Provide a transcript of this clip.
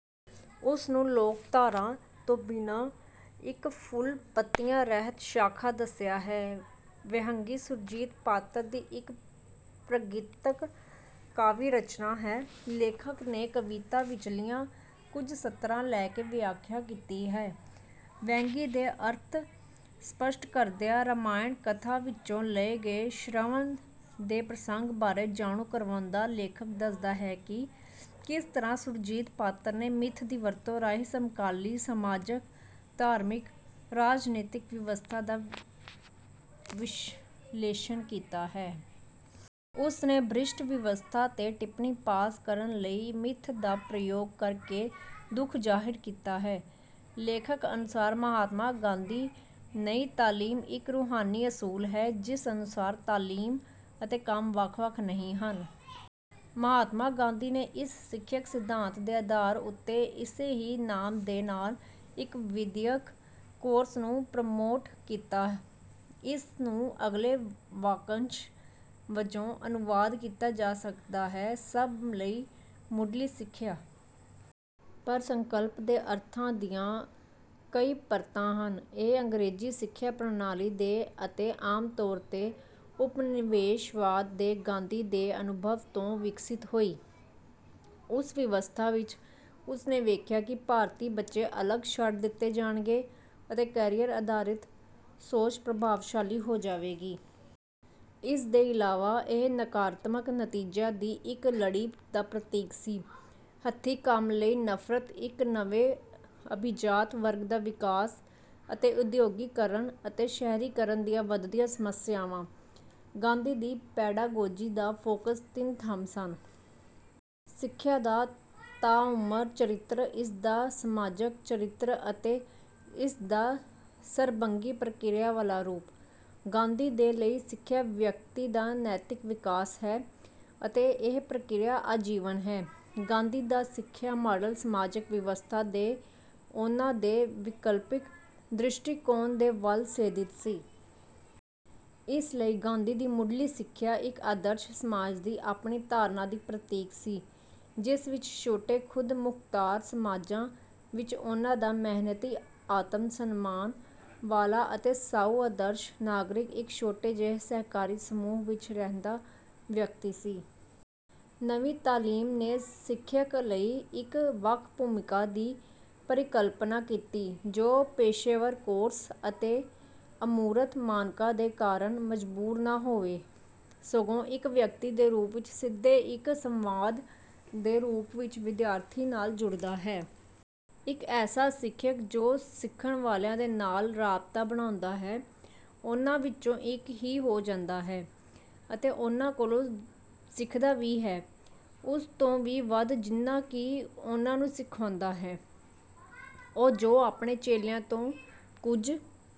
ਉਸਨੂੰ ਲੋਕਧਾਰਾ ਤੋਂ ਬਿਨਾਂ ਇੱਕ ਫੁੱਲ ਪੱਤੀਆਂ ਰਹਿਤ ਸ਼ਾਖਾ ਦੱਸਿਆ ਹੈ। ਵਹਿੰਗੀ ਸੁਰਜੀਤ ਪਾਤਰ ਦੀ ਇੱਕ ਪ੍ਰਗੀਤਕ ਕਾਵਿ ਰਚਨਾ ਹੈ। ਲੇਖਕ ਨੇ ਕਵਿਤਾ ਵਿੱਚਲੀਆਂ ਕੁਝ ਸਤਰਾਂ ਲੈਕੇ ਵਿਆਖਿਆ ਕੀਤੀ ਹੈ। ਵਹਿੰਗੀ ਦੇ ਅਰਥ ਸਪੱਸ਼ਟ ਕਰਦਿਆਂ ਰਾਮਾਇਣ ਕਥਾ ਵਿੱਚੋਂ ਲਏ ਗਏ ਸ਼੍ਰਵਣ ਦੇ ਪ੍ਰਸੰਗ ਬਾਰੇ ਜਾਣੂ ਕਰਵਾਉਂਦਾ ਲੇਖਕ ਦੱਸਦਾ ਹੈ ਕਿ ਕਿਸ ਤਰ੍ਹਾਂ ਸੁਰਜੀਤ ਪਾਤਰ ਨੇ ਮਿੱਥ ਦੀ ਵਰਤੋਂ ਰਾਹੀਂ ਸਮਕਾਲੀ ਸਮਾਜਕ ਧਾਰਮਿਕ ਰਾਜਨੀਤਕ ਵਿਵਸਥਾ ਦਾ ਵਿਸ਼ਲੇਸ਼ਣ ਕੀਤਾ ਹੈ। ਉਸਨੇ ਭ੍ਰਿਸ਼ਟ ਵਿਵਸਥਾ ਤੇ ਟਿੱਪਣੀ ਪਾਸ ਕਰਨ ਲਈ ਮਿੱਥ ਦਾ ਪ੍ਰਯੋਗ ਕਰਕੇ ਦੁੱਖ ਜ਼ਾਹਿਰ ਕੀਤਾ ਹੈ। ਲੇਖਕ ਅਨੁਸਾਰ ਮਹਾਤਮਾ ਗਾਂਧੀ ਨਈ ਤਾਲੀਮ ਇੱਕ ਰੂਹਾਨੀ ਅਸੂਲ ਹੈ ਜਿਸ ਅਨੁਸਾਰ ਤਾਲੀਮ ਅਤੇ ਕੰਮ ਵੱਖ ਵੱਖ ਨਹੀਂ ਹਨ। ਮਹਾਤਮਾ ਗਾਂਧੀ ਨੇ ਇਸ ਸਿੱਖਿਅਕ ਸਿੱਧਾਂਤ ਦੇ ਆਧਾਰ ਉੱਤੇ ਇਸੇ ਹੀ ਨਾਮ ਦੇ ਨਾਲ ਇੱਕ ਵਿਦਿਅਕ ਕੋਰਸ ਨੂੰ ਪ੍ਰਮੋਟ ਕੀਤਾ। ਇਸ ਨੂੰ ਅਗਲੇ ਵਾਕੰਸ਼ ਵਜੋਂ ਅਨੁਵਾਦ ਕੀਤਾ ਜਾ ਸਕਦਾ ਹੈ ਸਭ ਲਈ ਮੁੱਢਲੀ ਸਿੱਖਿਆ। ਪਰ ਸੰਕਲਪ ਦੇ ਅਰਥਾਂ ਦੀਆਂ ਕਈ ਪਰਤਾਂ ਹਨ। ਇਹ ਅੰਗਰੇਜ਼ੀ ਸਿੱਖਿਆ ਪ੍ਰਣਾਲੀ ਦੇ ਅਤੇ ਆਮ ਤੌਰ ਤੇ ਉਪਨਿਵੇਸ਼ਵਾਦ ਦੇ ਗਾਂਧੀ ਦੇ ਅਨੁਭਵ ਤੋਂ ਵਿਕਸਿਤ ਹੋਈ। ਉਸ ਵਿਵਸਥਾ ਵਿੱਚ ਉਸ ਨੇ ਵੇਖਿਆ ਕਿ ਭਾਰਤੀ ਬੱਚੇ ਅਲੱਗ ਛੱਡ ਦਿੱਤੇ ਜਾਣਗੇ ਅਤੇ ਕੈਰੀਅਰ ਆਧਾਰਿਤ ਸੋਚ ਪ੍ਰਭਾਵਸ਼ਾਲੀ ਹੋ ਜਾਵੇਗੀ। ਇਸਦੇ ਇਲਾਵਾ ਇਹ ਨਕਾਰਾਤਮਕ ਨਤੀਜਿਆਂ ਦੀ ਇੱਕ ਲੜੀ ਦਾ ਪ੍ਰਤੀਕ ਸੀ। ਹੱਥੀਂ ਕੰਮ ਲਈ ਨਫ਼ਰਤ ਇੱਕ ਨਵੇਂ ਅਭਿਜਾਤ ਵਰਗ ਦਾ ਵਿਕਾਸ ਅਤੇ ਉਦਯੋਗੀਕਰਨ ਅਤੇ ਸ਼ਹਰੀਕਰਨ ਦੀਆਂ ਵੱਧਦੀਆਂ ਸਮਸਿਆਵਾਂ। ਗਾਂਧੀ ਦੀ ਪੈਡਾਗੋਜੀ ਦਾ ਫੋਕਸ ਤਿੰਨ ਥੰਮ ਸਨ। ਸਿੱਖਿਆ ਦਾ ਤਾਉਮਰ ਚਰਿੱਤਰ ਇਸਦਾ ਸਮਾਜਕ ਚਰਿੱਤਰ ਅਤੇ ਇਸਦਾ ਸਰਬੰਗੀ ਪ੍ਰਕਿਰਿਆ ਵਾਲਾ ਰੂਪ। ਗਾਂਧੀ ਦੇ ਲਈ ਸਿੱਖਿਆ ਵਿਅਕਤੀ ਦਾ ਨੈਤਿਕ ਵਿਕਾਸ ਹੈ ਅਤੇ ਇਹ ਪ੍ਰਕਿਰਿਆ ਆਜੀਵਨ ਹੈ। ਗਾਂਧੀ ਦਾ ਸਿੱਖਿਆ ਮਾਡਲ ਸਮਾਜਕ ਵਿਵਸਥਾ ਦੇ ਉਨ੍ਹਾਂ ਦੇ ਵਿਕਲਪਿਕ ਦ੍ਰਿਸ਼ਟੀਕੋਣ ਦੇ ਵੱਲ ਸੇਧਿਤ ਸੀ। ਇਸ ਲਈ ਗਾਂਧੀ ਦੀ ਮੁੱਢਲੀ ਸਿੱਖਿਆ ਇੱਕ ਆਦਰਸ਼ ਸਮਾਜ ਦੀ ਆਪਣੀ ਧਾਰਨਾ ਦੀ ਪ੍ਰਤੀਕ ਸੀ ਜਿਸ ਵਿੱਚ ਛੋਟੇ ਖੁਦ ਮੁਖਤਾਰ ਸਮਾਜਾਂ ਵਿੱਚ ਉਨ੍ਹਾਂ ਦਾ ਮਿਹਨਤੀ ਆਤਮ ਸਨਮਾਨ ਵਾਲਾ ਅਤੇ ਸਾਊ ਆਦਰਸ਼ ਨਾਗਰਿਕ ਇੱਕ ਛੋਟੇ ਜਿਹੇ ਸਹਿਕਾਰੀ ਸਮੂਹ ਵਿੱਚ ਰਹਿੰਦਾ ਵਿਅਕਤੀ ਸੀ। ਨਵੀਂ ਤਾਲੀਮ ਨੇ ਸਿਖਿਅਕ ਲਈ ਇੱਕ ਵੱਖ ਭੂਮਿਕਾ ਦੀ ਪਰਿਕਲਪਨਾ ਕੀਤੀ ਜੋ ਪੇਸ਼ੇਵਰ ਕੋਰਸ ਅਤੇ ਅਮੂਰਤ ਮਾਨਕਾਂ ਦੇ ਕਾਰਨ ਮਜ਼ਬੂਰ ਨਾ ਹੋਵੇ ਸਗੋਂ ਇੱਕ ਵਿਅਕਤੀ ਦੇ ਰੂਪ ਵਿੱਚ ਸਿੱਧੇ ਇੱਕ ਸੰਵਾਦ ਦੇ ਰੂਪ ਵਿੱਚ ਵਿਦਿਆਰਥੀ ਨਾਲ ਜੁੜਦਾ ਹੈ। ਇੱਕ ਐਸਾ ਸਿਖਿਅਕ ਜੋ ਸਿਖਣ ਵਾਲਿਆਂ ਦੇ ਨਾਲ ਰਾਬਤਾ ਬਣਾਉਂਦਾ ਹੈ ਉਨ੍ਹਾਂ ਵਿੱਚੋਂ ਇੱਕ ਹੀ ਹੋ ਜਾਂਦਾ ਹੈ ਅਤੇ ਉਨ੍ਹਾਂ ਕੋਲੋਂ ਸਿੱਖਦਾ ਵੀ ਹੈ ਉਸ ਤੋਂ ਵੀ ਵੱਧ ਜਿੰਨਾ ਕਿ ਉਨ੍ਹਾਂ ਨੂੰ ਸਿਖਾਉਂਦਾ ਹੈ। ਉਹ ਜੋ ਆਪਣੇ ਚੇਲਿਆਂ ਤੋਂ ਕੁੱਝ